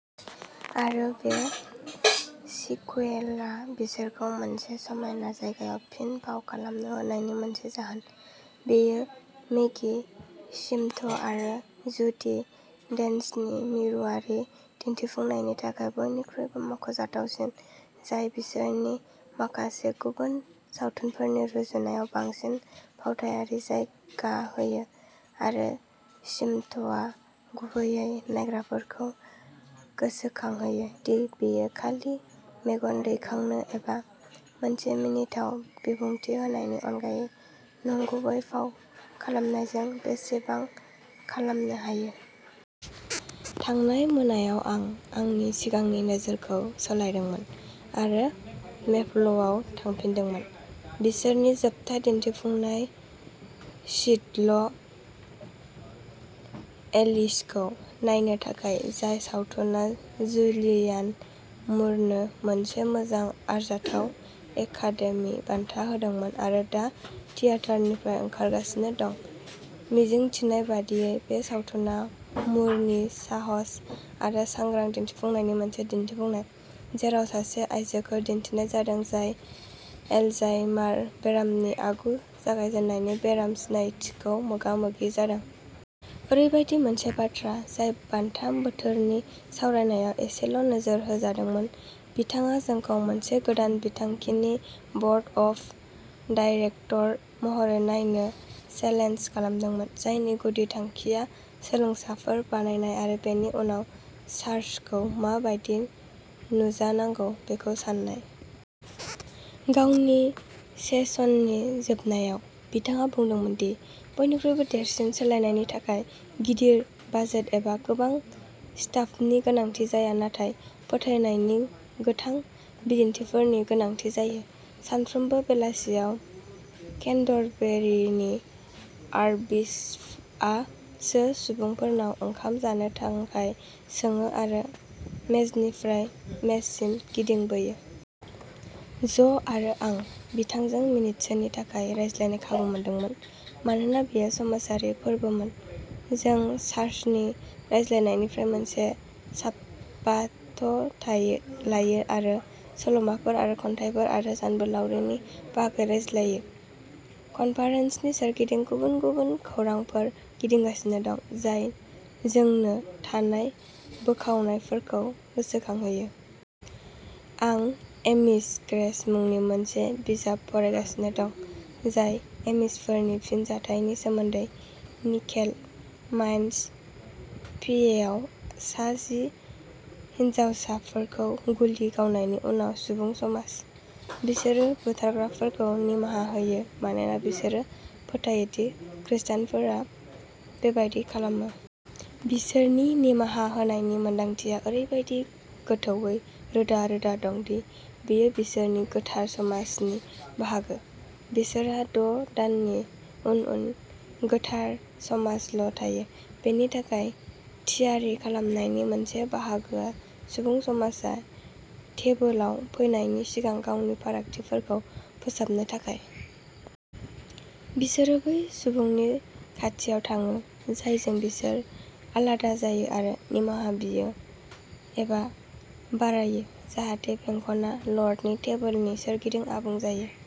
आरो बे सिक्वेलआ बिसोरखौ मोनसे समायना जायगायाव फिन फाव खालामनो होनायनि मोनसे जाहोन। बेयो मेगी स्मिथ आरो जुडी डेन्चनि मिरुआरि दिन्थिफुंनायनि थाखाय बयनिख्रुइबो मख'जाथावसिन, जाय बिसोरनि माखासे गुबुन सावथुनफोरनि रुजुनायाव बांसिन फावथायारि जायगा होयो, आरो स्मिथआ गुबैयै नायग्राफोरखौ गोसोखांहोयो दि बियो खालि मेगन दैखांनो एबा मोनसे मिनिथाव बिबुंथि होनायनि अनगायै नंगुबै फाव खालामनायजों बेसेबां खालामनो हायो। थांनाय मोनायाव आं आंनि सिगांनि नोजोरखौ सोलायदोंमोन आरो मेपलआव थांफिनदोंमोन बिसोरनि जोबथा दिन्थिफुंनाय स्टिल एलिसखौ नायनो थाखाय, जाय सावथुनआ जुलियान मुरनो मोनसे मोजां-आरजाथाव एकादेमि बान्था होदोंमोन आरो दा थियेटारनिफ्राय ओंखारगासिनो दं। मिजिंथिनाय बायदियै, बे सावथुना मुरनि साहस आरो सांग्रां दिन्थिफुंनायनि मोनसे दिन्थिफुंनाय, जेराव सासे आयजोखौ दिन्थिनाय जादों जाय एलजाइमार बेरामनि आगु जागायजेन्नायनि बेराम सिनायनायखौ मोगा-मोगि जादों। ओरैबायदि मोनसे बाथ्रा जाय बान्था बोथोरनि सावरायनायाव एसेल'नोजोर होजादोंमोन। बिथाङा जोंखौ मोनसे गोदान बिथांखिनि बर्ड अफ डाइरेकटर महरै नायनो चेलेन्ज खालामदोंमोन, जायनि गुदि थांखिया सोलोंसाफोर बानायनाय आरो बेनि उनाव चार्चखौ मा बायदि नुजानांगौ बेखौ सान्नाय। गावनि सेसननि जोबनायाव, बिथाङा बुंदोंमोन दि बयनिख्रुइबो देरसिन सोलायनायनि थाखाय गिदिर बाजेट एबा गोबां स्टाफनि गोनांथि जाया, नाथाय फोथायनायनि गोथां बिदिन्थिफोरनि गोनांथि जायो। सानफ्रोमबो बेलासियाव केन्टरबेरिनि आर्कबिशपआ सो सुबुंफोरनाव ओंखाम जानो थाखाय सोङो आरो मेजनिफ्राय मेजसिम गिदिंबोयो। ज'आरो आं बिथांजों मिनिटसोनि थाखाय रायज्लायनो खाबु मोनदोंमोन। मानोना बेयो समाजारि फोरबोमोन, जों चार्चनि रायज्लायनायनिफ्राय मोनसे साब्बाथ लायो आरो सल'माफोर आरो खन्थाइफोर आरो सानबोलावरिनि बागै रायज्लायो। कनफारेन्सनि सोरगिदिं गुबुन गुबुन खौरांफोर गिदिंगासिनो दं, जाय जोंनो थानाय बोखावनायफोरखौ गोसोखांहोयो। आं एमिश ग्रेस मुंनि मोनसे बिजाब फरायगासिनो दं, जाय एमिशफोरनि फिनजाथायनि सोमोन्दै। निकेल माइन्स, पिएआव सा जि हिनजावसाफोरखौ गुलि गावनायनि उनाव सुबुं समाज। बिसोरो बुथारग्राफोरखौ निमाहा होयो मानोना बिसोरो फोथायो दि खृष्टानफोरा बेबादि खालामो। बिसोरनि निमाहा होनायनि मोन्दांथिया ओरैबायदि गोथौवै रोदा-रोदा दं दि बेयो बिसोरनि गोथार समाजनि बाहागो। बिसोरहा द'दाननि उन-उन गोथार समाजल'थायो। बेनि थाखाय थियारि खालामनायनि मोनसे बाहागोआ सुबुं समाजआ टेबोलाव फैनायनि सिगां गावनि फारागथिफोरखौ फोसाबनो थाखाय। बिसोरो बै सुबुंनि खाथियाव थाङो जायजों बिसोर आलादा जायो आरो निमाहा बिङो एबा बारायो जाहाथे बेंखनआ लर्डनि टेबोलनि सोरगिदिं आबुं जायो।